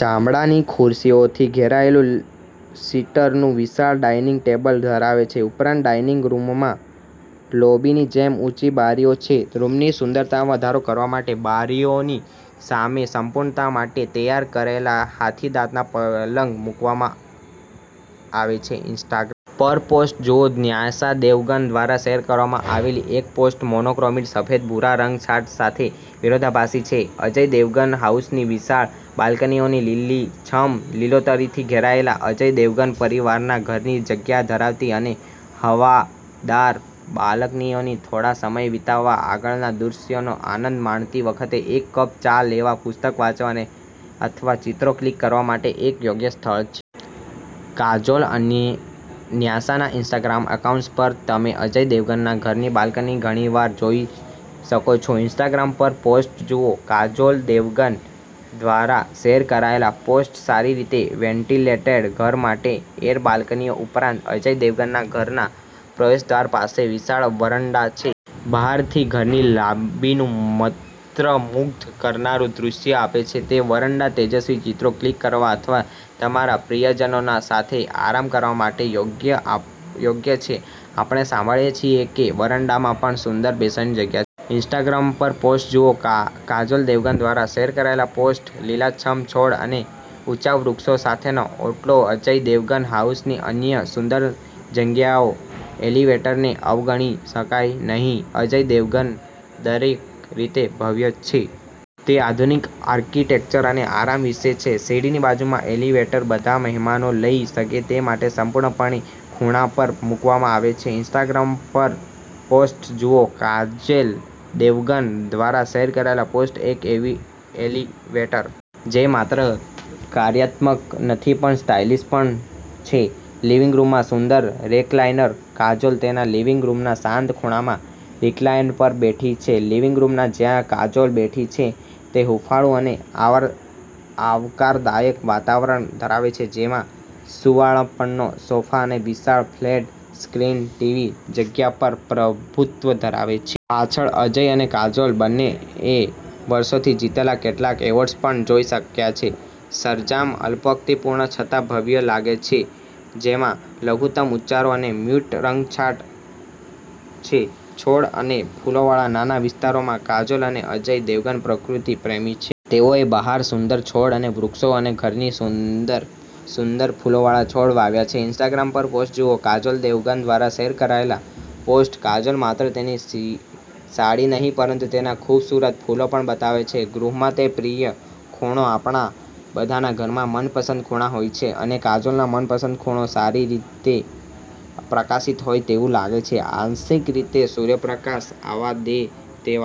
ચામડાની ખુરશીઓથી ઘેરાયેલુંસીટરનું વિશાળ dining table ધરાવે છે. ઉપરાંત, ડાઇનિંગ રૂમમાં લોબીની જેમ ઊંચી બારીઓ છે. રૂમની સુંદરતામાં વધારો કરવા માટે બારીઓની સામે, સંપૂર્ણતા માટે તૈયાર કરાયેલ હાથીદાંતના પલંગ મૂકવામાં આવે છે. ઇન્સ્ટાગ્રામ પરપોસ્ટ જુઓ ન્યાસા દેવગન દ્વારા શેર કરવામાં આવેલી એક પોસ્ટ મોનોક્રોમેટિક સફેદ ભૂરા રંગછટા સાથે વિરોધાભાસી છે અજય દેવગન હાઉસની વિશાળ બાલ્કનીઓ લીલીછમ લીલોતરીથી ઘેરાયેલ, અજય દેવગન પરિવારના ઘરની જગ્યા ધરાવતી અને હવાદાર બાલ્કનીઓ થોડો સમય વિતાવવા, આગળના દૃશ્યનો આનંદ માણતી વખતે એક કપ ચા લેવા, પુસ્તક વાંચવા અથવા ચિત્રો ક્લિક કરવા માટે એક યોગ્ય સ્થળ છે. કાજોલ અને ન્યાસાના ઇન્સ્ટાગ્રામ એકાઉન્ટ્સ પર તમે અજય દેવગનના ઘરનીબાલ્કનીને ઘણીવાર જોઈ શકો છો. ઇન્સ્ટાગ્રામ પરપોસ્ટ જુઓ કાજોલ દેવગન દ્વારા શેર કરાયેલ પોસ્ટ સારી રીતે વેન્ટિલેટેડ ઘર માટે એર બાલ્કનીઓ ઉપરાંત, અજય દેવગનના ઘરના પ્રવેશદ્વાર પાસે વિશાળ વરંડા છે. બહારથી ઘરની લોબીનું મંત્રમુગ્ધ કરનારું દૃશ્ય આપે છે તે વરંડા તેજસ્વી ચિત્રો ક્લિક કરવા અથવા તમારા પ્રિયજનો સાથે આરામ કરવા માટે યોગ્ય છે. આપણે સાંભળીએ છીએ કે વરંડામાં પણ સુંદર બેસવાની જગ્યા છે. ઇન્સ્ટાગ્રામ પર પોસ્ટ જુઓ કાજોલ દેવગન દ્વારા શેર કરાયેલ પોસ્ટ લીલાછમ છોડ અને ઊંચા વૃક્ષો સાથેનો ઓટલો અજય દેવગન હાઉસની અન્ય સુંદર જગ્યાઓ એલિવેટરને અવગણી શકાય નહીં અજય દેવગન દરેક રીતે ભવ્ય છે. તે આધુનિક આર્કિટેક્ચર અને આરામ વિશે છે. સીડીની બાજુમાં એલિવેટર બધા મહેમાનો લઈ શકે તે માટે સંપૂર્ણપણે ખૂણા પર મૂકવામાં આવે છે. ઇન્સ્ટાગ્રામ પરપોસ્ટ જુઓ કાજોલ દેવગન દ્વારા શેર કરાયેલ પોસ્ટ એક એલિવેટર જે માત્ર કાર્યાત્મક નથી પણ સ્ટાઇલિશ પણ છે લિવિંગ રૂમમાં સુંદર રેક્લાઇનર કાજોલ તેના લિવિંગ રૂમના શાંત ખૂણામાં રિક્લાઇનર પર બેઠી છે લિવિંગ રૂમ જ્યાં કાજોલ બેઠી છે તે હૂંફાળું અને આવકારદાયક વાતાવરણ ધરાવે છે, જેમાં સુંવાળપનો સોફા અને વિશાળ ફ્લેટ-સ્ક્રીન ટીવી જગ્યા પર પ્રભુત્વ ધરાવે છે. પાછળ, અજય અને કાજોલ બંનેએ વર્ષોથી જીતેલા કેટલાક એવોર્ડ્સ પણ જોઈ શકાય છે. સરંજામ અલ્પોક્તિપૂર્ણ છતાં ભવ્ય લાગે છે, જેમાં લઘુત્તમ ઉચ્ચારો અને મ્યૂટ રંગછટા છે. છોડ અને ફૂલોવાળા નાના વિસ્તારો કાજોલ અને અજય દેવગન પ્રકૃતિ પ્રેમી છે. તેઓએ બહાર સુંદર છોડ અને વૃક્ષો અને ઘરની અંદર સુંદર ફૂલોવાળા છોડ વાવ્યા છે. ઇન્સ્ટાગ્રામ પરપોસ્ટ જુઓ કાજોલ દેવગન દ્વારા શેર કરાયેલ પોસ્ટ કાજોલ માત્ર તેની સાડીનહીં પરંતુ તેના ખૂબસૂરત ફૂલો પણ બતાવે છે ગૃહમાં તે પ્રિય ખૂણો આપણા બધાના ઘરમાં મનપસંદ ખૂણા હોય છે, અને કાજોલનો મનપસંદ ખૂણો સારી રીતે પ્રકાશિત હોય તેવું લાગે છે. આંશિક રીતે સૂર્યપ્રકાશ આવવા દે તેવા